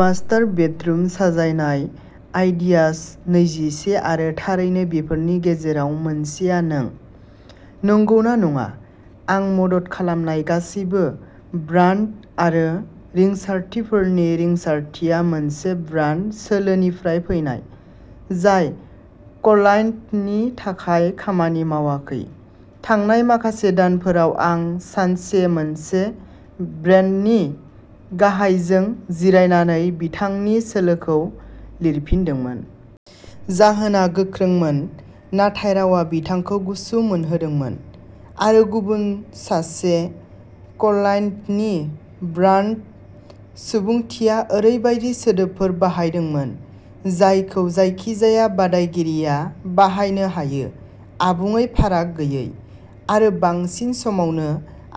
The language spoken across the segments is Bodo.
मास्टार बेडरुम साजायनाय आइडियास नैजिसे आरो थारैनो बेफोरनि गेजेराव मोनसेआ नों, नंगौना नङा? आं मदद खालामनाय गासैबो ब्रान्ड आरो रिंसारथिफोरनि रिंसारथिया मोनसे ब्रान्ड सोलोनिफ्राय फैनाय, जाय क्लाइन्टनि थाखाय खामानि मावाखै। थांनाय माखासे दानफोराव आं सानसे मोनसे ब्रेन्डनि गाहायजों जिरायनानै बिथांनि सोलोखौ लिरफिनदोंमोन। जाहोना गोख्रोंमोन नाथाय रावा बिथांखौ गुसु मोनहोदोंमोन। आरो गुबुन सासे क्लाइन्टनि ब्रान्ड सुबुंथिया ओरैबायदि सोदोबफोर बाहायदोंमोन जायखौ जायखिजाया बादायगिरिया बाहायनो हायो-आबुङै फाराग गैयै। आरो बांसिन समावनो,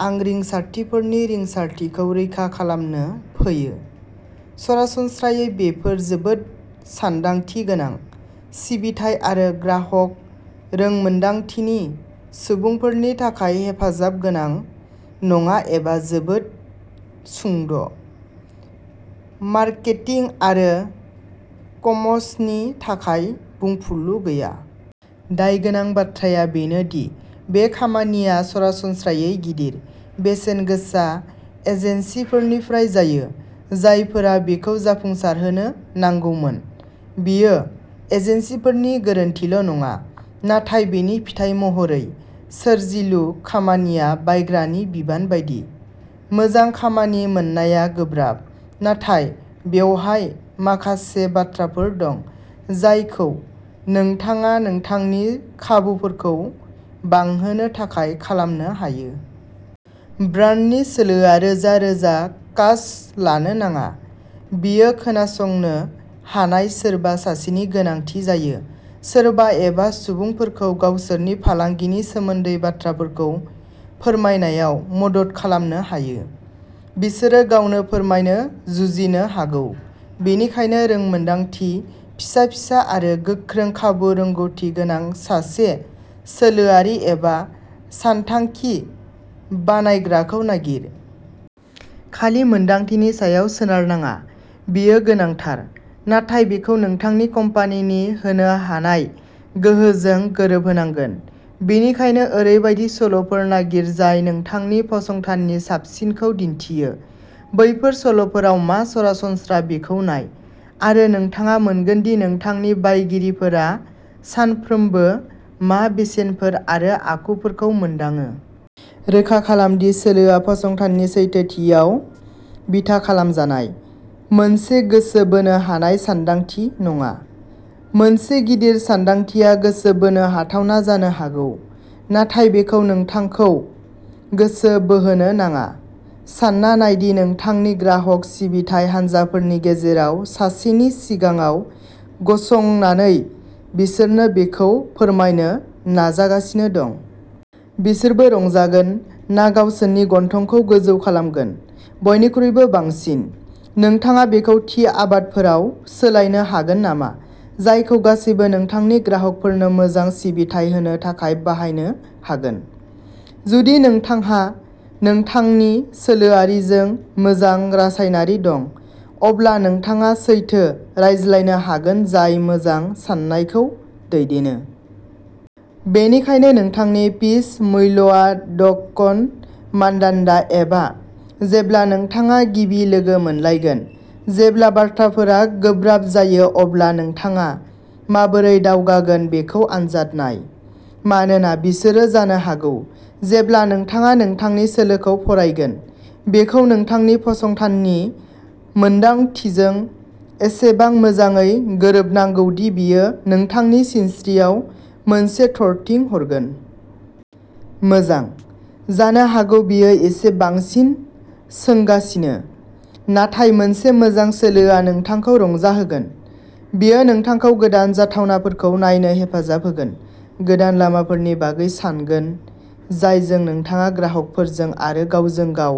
आं रिंसारथिफोरनि रिंसारथिखौ रैखा खालामनो फैयो। सरासनस्रायै बेफोर जोबोद सानदांथि गोनां, सिबिथाइ आरो ग्राहक रोंमोनदांथिनि सुबुंफोरनि थाखाय हेफाजाबगोनां नङा एबा जोबोद सुंद ', मार्केटिं आरो कमसनि थाखाय बुंफुरलु गैया। दायगोनां बाथ्राया बेनो दि बे खामानिया सरासनस्रायै गिदिर, बेसेन गोसा एजेन्सिफोरनिफ्राय जायो, जायफोरा बेखौ जाफुंसारहोनो नांगौमोन। बेयो एजेन्सिफोरनि गोरोन्थिल'नङा। नाथाय बेनि फिथाइ महरै। सोरजिलु खामानिया बायग्रानि बिबान बायदि। मोजां खामानि मोननाया गोब्राब। नाथाय बेवहाय माखासे बाथ्राफोर दं जायखौ नोंथाङा नोंथांनि खाबुफोरखौ बांहोनो थाखाय खालामनो हायो। ब्रान्डनि सोलोआ रोजा-रोजा कास्ट लानो नाङा। बेखौ खोनासंनो हानाय सोरबा सासेनि गोनांथि जायो। सोरबा एबा सुबुंफोरखौ गावसोरनि फालांगिनि सोमोन्दै बाथ्राफोरखौ फोरमायनायाव मदद खालामनो हायो, बिसोरो गावनो फोरमायनो जुजिनो हागौ। बेनिखायनो रोंमोनदांथि, फिसा-फिसा आरो गोख्रों खाबु रोंग'थि गोनां सासे सोलोआरि एबा सानथांखि बानायग्राखौ नागिर। खालि मोनदांथिनि सायाव सोनारनाङा। बेयो गोनांथार, नाथाय बेखौ नोंथांनि कम्पानिनि होनो हानाय गोहोजों गोरोबहोनांगोन। बेनिखायनो ओरैबायदि सल'फोर नागिर जाय नोंथांनि फसंथाननि साबसिनखौ दिन्थियो। बैफोर सल'फोराव मा सरासनस्रा बेखौ नाय, आरो नोंथाङा मोनगोन दि नोंथांनि बायगिरिफोरा सानफ्रोमबो मा बेसेनफोर आरो आखुफोरखौ मोनदाङो। रोखा खालाम दि सोलोआ फसंथाननि सैथोथियाव बिथा खालामजानाय, मोनसे गोसो बोनो हानाय सानदांथि नङा। मोनसे गिदिर सानदांथिया गोसो बोनो हाथावना जानो हागौ, नाथाय बेखौ नोंथांखौ गोसो बोहोनो नाङा। सानना नाय दि नोंथांनि ग्राहक सिबिथाइ हानजाफोरनि गेजेराव सासेनि सिगाङाव गसंनानै बिसोरनो बेखौ फोरमायनो नाजागासिनो दं। बिसोरबो रंजागोन ना गावसोरनि गन्थंखौ गोजौ खालामगोन? बयनिख्रुइबो बांसिन, नोंथाङा बेखौ थि आबादफोराव सोलायनो हागोन नामा जायखौ गासैबो नोंथांनि ग्राहकफोरनो मोजां सिबिथाइ होनो थाखाय बाहायनो हागोन। जुदि नोंथांहा नोंथांनि सोलोआरिजों मोजां रासायनारि दं, अब्ला नोंथाङा सैथो रायज्लायनो हागोन जाय मोजां साननायखौ दैदेनो। बेनिखायनो नोंथांनि पिच मूल्याङ्कन मानदान्दा, एबा जेब्ला नोंथाङा गिबि लोगो मोनलायगोन, जेब्ला बाथ्राफोरा गोब्राब जायो अब्ला नोंथाङा माबोरै दावगागोन बेखौ आनजाद नाय। मानोना बिसोरो जानो हागौ। जेब्ला नोंथाङा नोंथांनि सोलोखौ फरायगोन, बेखौ नोंथांनि फसंथाननि मोनदांथिजों एसेबां मोजाङै गोरोबनांगौ दि बेयो नोंथांनि सिनस्रिआव मोनसे थरथिं हरगोन। मोजां, जानो हागौ बेयो एसे बांसिन सोंगासिनो, नाथाय मोनसे मोजां सोलोआ नोंथांखौ रंजाहोगोन। बेयो नोंथांखौ गोदान जाथावनाफोरखौ नायनो हेफाजाब होगोन, गोदान लामाफोरनि बागै सानगोन जायजों नोंथाङा ग्राहकफोरजों आरो गावजों-गाव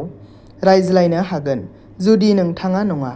रायज्लायनो हागोन। जुदि नोंथाङा नङा।